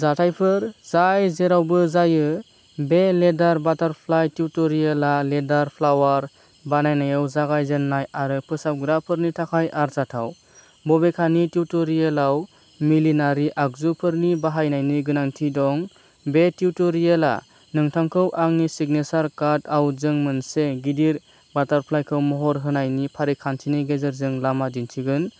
जाथायफोर जाय जेरावबो जायो। बे लेदार बाटारफ्लाइ टिउटरियेलआ लेदार फ्लावार बानायनायाव जागायजेननाय आरो फोसाबग्राफोरनि थाखाय आरजाथाव। बबेखानि टिउटरियेलाव मिलिनारि आगजुफोरनि बाहायनायनि गोनांथि दं। बे टिउटरियेलआ नोंथांखौ आंनि सिगनेसार काट आउटजों मोनसे गिदिर बाटारफ्लाइखौ महर होनायनि फारिखान्थिनि गेजेरजों लामा दिन्थिगोन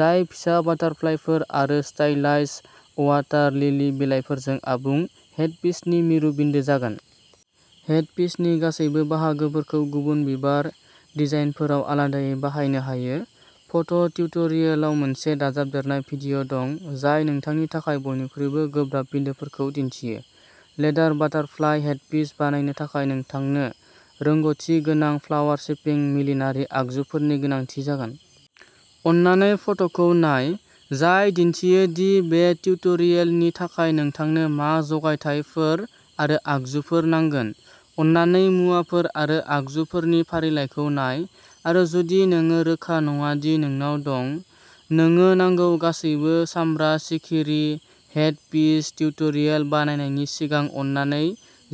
जाय फिसा बाटारफ्लाइफोर आरो स्टाइलाइज्ड अवाटार लिलि बिलाइफोरजों आबुं हेडपिसनि मिरु बिन्दो जागोन। हेडपिसनि गासैबो बाहागोफोरखौ गुबुन बिबार डिजाइनफोराव आलादायै बाहायनो हायो। फट' टिउटरियेलाव मोनसे दाजाबदेरनाय भिडिअ दं जाय नोंथांनि थाखाय बयनिख्रुइबो गोब्राब बिन्दोफोरखौ दिन्थियो। लेदार बाटारफ्लाइ हेडपिस बानायनो थाखाय नोंथांनो रोंग'थिगोनां फ्लावार शेपिं मिलिनारि आगजुफोरनि गोनांथि जागोन। अननानै फट'खौ नाय जाय दिन्थियो दि बे टिउटरियेलनि थाखाय नोंथांनो मा जगायथायफोर आरो आगजुफोर नांगोन। अननानै मुवाफोर आरो आगजुफोरनि फारिलाइखौ नाय आरो जुदि नोङो रोखा नङा दि नोंनाव दं। नोङो नांगौ गासैबो, सामब्रा सिखिरि हेडपिस टिउटरियेल बानायनायनि सिगां अननानै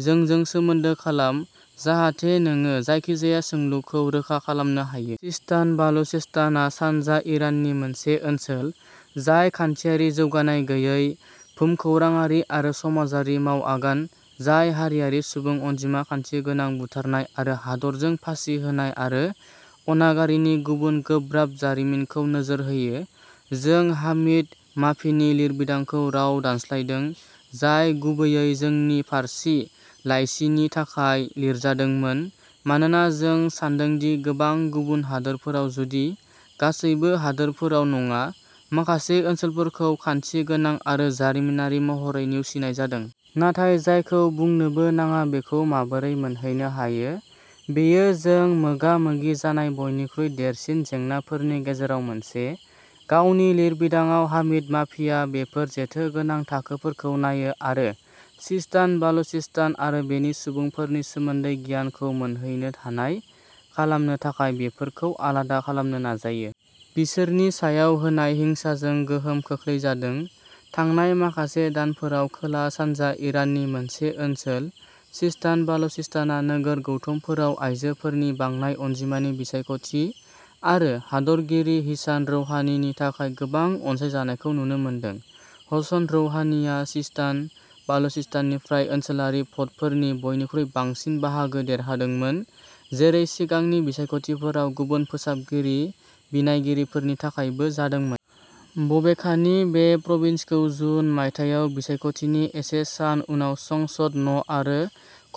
जोंजों सोमोन्दो खालाम, जाहाथे नोङो जायखिजाया सोंलुखौ रोखा खालामनो हायो। सिस्तान बालुचेस्तानआ सानजा इराननि मोनसे ओनसोल जाय खान्थियारि जौगानाय गैयै, भुमखौराङारि आरो समाजारि मावआगान, जाय हारिआरि सुबुं अनजिमा, खान्थि गोनां बुथारनाय आरो हादरजों फासि होनाय आरो अनागारिनि गुबुन गोब्राब जारिमिनफोरखौ नोजोर होयो। जों हामिद माफिनि लिरबिदांखौ राव दानस्लायदों, जाय गुबैयै जोंनि फारसि लाइसिनि थाखाय लिरजादोंमोन, मानोना जों सान्दों दि गोबां गुबुन हादोरफोराव, जुदि गासैबो हादोरफोराव नङा, माखासे ओनसोलफोरखौ खानथि गोनां आरो जारिमिनारि महरै नेवसिनाय जादों। नाथाय जायखौ बुंनोबो नाङा बेखौ माबोरै मोनहैनो हायो? बेयो जों मोगा मोगि जानाय बयनिख्रुइ देरसिन जेंनाफोरनि गेजेराव मोनसे। गावनि लिरबिदांआव, हामिद माफिया बेफोर जेथोगोनां थाखोफोरखौ नायो आरो सिस्तान बालुचेस्तान आरो बेनि सुबुंफोरनि सोमोन्दै गियानखौ मोनहैनो हानाय खालामनो थाखाय बेफोरखौ आलादा खालामनो नाजायो। बिसोरनि सायाव होनाय हिंसाजों गोहोम खोख्लैजादों। थांनाय माखासे दानफोराव, खोला-सानजा इराननि मोनसे ओनसोल, सिस्तान बालुचेस्तानआ नोगोर गौथुमफोराव आइजोफोरनि बांनाय अनजिमानि बिसायख'थि आरो हादरगिरि हासान रौहानिनि थाखाय गोबां अनसायजानायखौ नुनो मोनदों। हसन रौहानिआ सिस्तान बालुचेस्ताननिफ्राय ओनसोलारि भ'टफोरनि बयनिख्रुइ बांसिन बाहागो देरहादोंमोन, जेरै सिगांनि बिसायख'थिफोराव गुबुन फोसाबगिरि बिनायगिरिफोरनि थाखायबो जादोंमोन। बबेखानि, बे प्रभिन्सखौ जुन मायथाइयाव बिसायख'थिनि एसे सान उनाव संसद न'आरो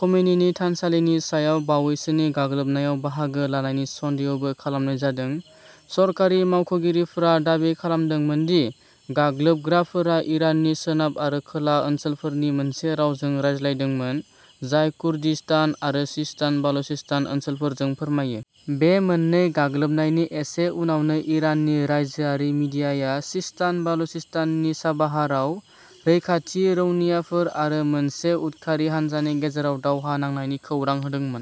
ख'मेनिनि थानसालिनि सायाव बावैसोनि गाग्लोबनायाव बाहागो लानायनि सन्देहबो खालामनाय जादों। सरखारि मावख'गिरिफोरा दाबि खालामदोंमोन दि गाग्लोबग्राफोरा इराननि सोनाब आरो खोला ओनसोलफोरनि मोनसे रावजों रायज्लायदोंमोन जाय कुर्दिस्तान आरो सिस्तान बालुचेस्तान ओनसोलफोरजों फोरमायो। बे मोननै गाग्लोबनायनि एसे उनावनो, इराननि रायजोआरि मिडियाया सिस्तान बालुचेस्ताननि चाबाहारआव रैखाथि रौनियाफोर आरो मोनसे उदखारि हानजानि गेजेराव दावहा नांनायनि खौरां होदोंमोन।